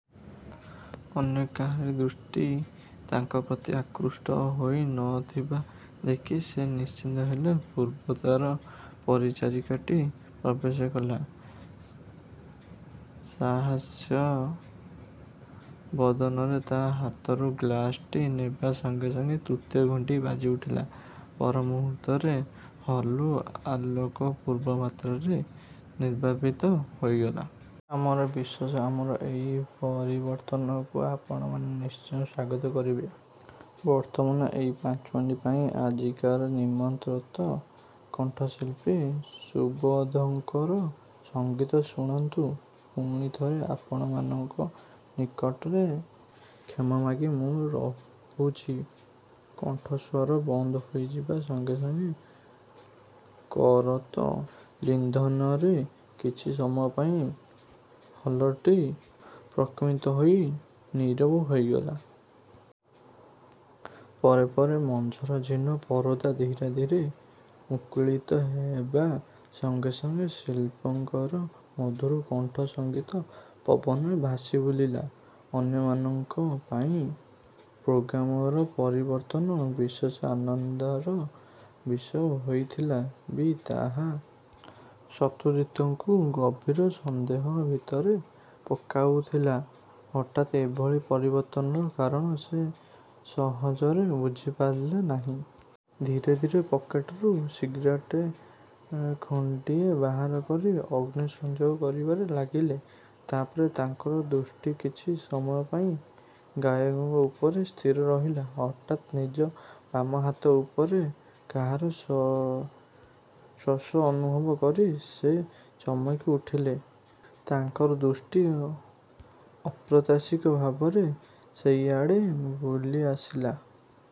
ଅନ୍ୟ କାହାରି ଦୃଷ୍ଟି ତାଙ୍କ ପ୍ରତି ଆକୃଷ୍ଟ ହୋଇ ନ ଥିବା ଦେଖି ସେ ନିଶ୍ଚିନ୍ତ ହେଲେ। ପୂର୍ବତର ପରିଚାରିକାଟି ପ୍ରବେଶ କଲା। ସାହାସ୍ୟ ବଦନରେ ତା' ହାତରୁ ଗ୍ଲାସଟି ନେବା ସଙ୍ଗେ ସଙ୍ଗେ ତୃତୀୟ ଘଣ୍ଟି ବାଜିଉଠିଲା। ପରମୁହୂର୍ତ୍ତରେ ହଲ୍ରୁ ଆଲୋକ ପୂର୍ବମାତ୍ରାରେ ନିର୍ବାପିତ ହୋଇଗଲା। ଆମର ବିଶ୍ୱାସ ଆମର ଏଇ ପରିବର୍ତ୍ତନକୁ ଆପଣମାନେ ନିଶ୍ଚୟ ସ୍ୱାଗତ କରିବେ। ବର୍ତ୍ତମାନ ଏଇ ପାଞ୍ଚମିନିଟ୍ ପାଇଁ ଆଜିକାର ନିମନ୍ତ୍ରିତ କଣ୍ଠଶିଳ୍ପୀ ସୁବୋଧଙ୍କର ସଙ୍ଗୀତ ଶୁଣନ୍ତୁ। ପୁଣି ଥରେ ଆପଣମାନଙ୍କ ନିକଟରେ କ୍ଷମା ମାଗି ମୁଁ ରହୁଛି। କଣ୍ଠସ୍ୱର ବନ୍ଦ ହୋଇଯିବା ସଙ୍ଗେ ସଙ୍ଗେ କରତ ଲିଧ୍ୱନରେ କିଛି ସମୟ ପାଇଁ ହଲରଟି ପ୍ରକମ୍ପିତ ହୋଇ ନୀରବ ହୋଇଗଲା। ପରେ ପରେ ମଞ୍ଚର ଝିନ ପରଦା ଧୀରେ ଧୀରେ ମୁକୁଳିତ ହେବା ସଙ୍ଗେ ସଙ୍ଗେ ଶିଳ୍ପଙ୍କର ମଧୁର କଣ୍ଠସଙ୍ଗୀତ ପବନରେ ଭାସିବୁଲିଲା। ଅନ୍ୟମାନଙ୍କ ପାଇଁ ପ୍ରୋଗ୍ରାମର ପରିବର୍ତ୍ତନ ବିଶେଷ ଆନନ୍ଦର ବିଷୟ ହୋଇଥିଲା ବି ତାହା ଶତ୍ରୁଜିତଙ୍କୁ ଗଭୀର ସନ୍ଦେହ ଭିତରେ ପକାଉଥିଲା। ହଠାତ୍ ଏଭଳି ପରିବର୍ତ୍ତନର କାରଣ ସେ ସହଜରେ ବୁଝିପାରିଲେ ନାହିଁ। ଧୀରେ ଧୀରେ ପକେଟରୁ ସିଗାରେଟ୍ ଖଣ୍ତିଏ ବାହାର କରି ଅଗ୍ନିସଂଯୋଗ କରିବାରେ ଲାଗିଲେ। ତା'ପରେ ତାଙ୍କର ଦୃଷ୍ଟି କିଛି ସମୟ ପାଇଁ ଗାୟକଙ୍କ ଉପରେ ସ୍ଥିର ରହିଲା। ହଠାତ୍ ନିଜ ବାମ ହାତ ଉପରେ କାହାର ସ ସସୂ ଅନୁଭବ କରି ସେ ଚମକି ଉଠିଲେ। ତାଙ୍କର ଦୃଷ୍ଟି ଅପ୍ରତ୍ୟାଶିତ ଭାବରେ ସେଇଆଡ଼େ ବୁଲିଆସିଲା।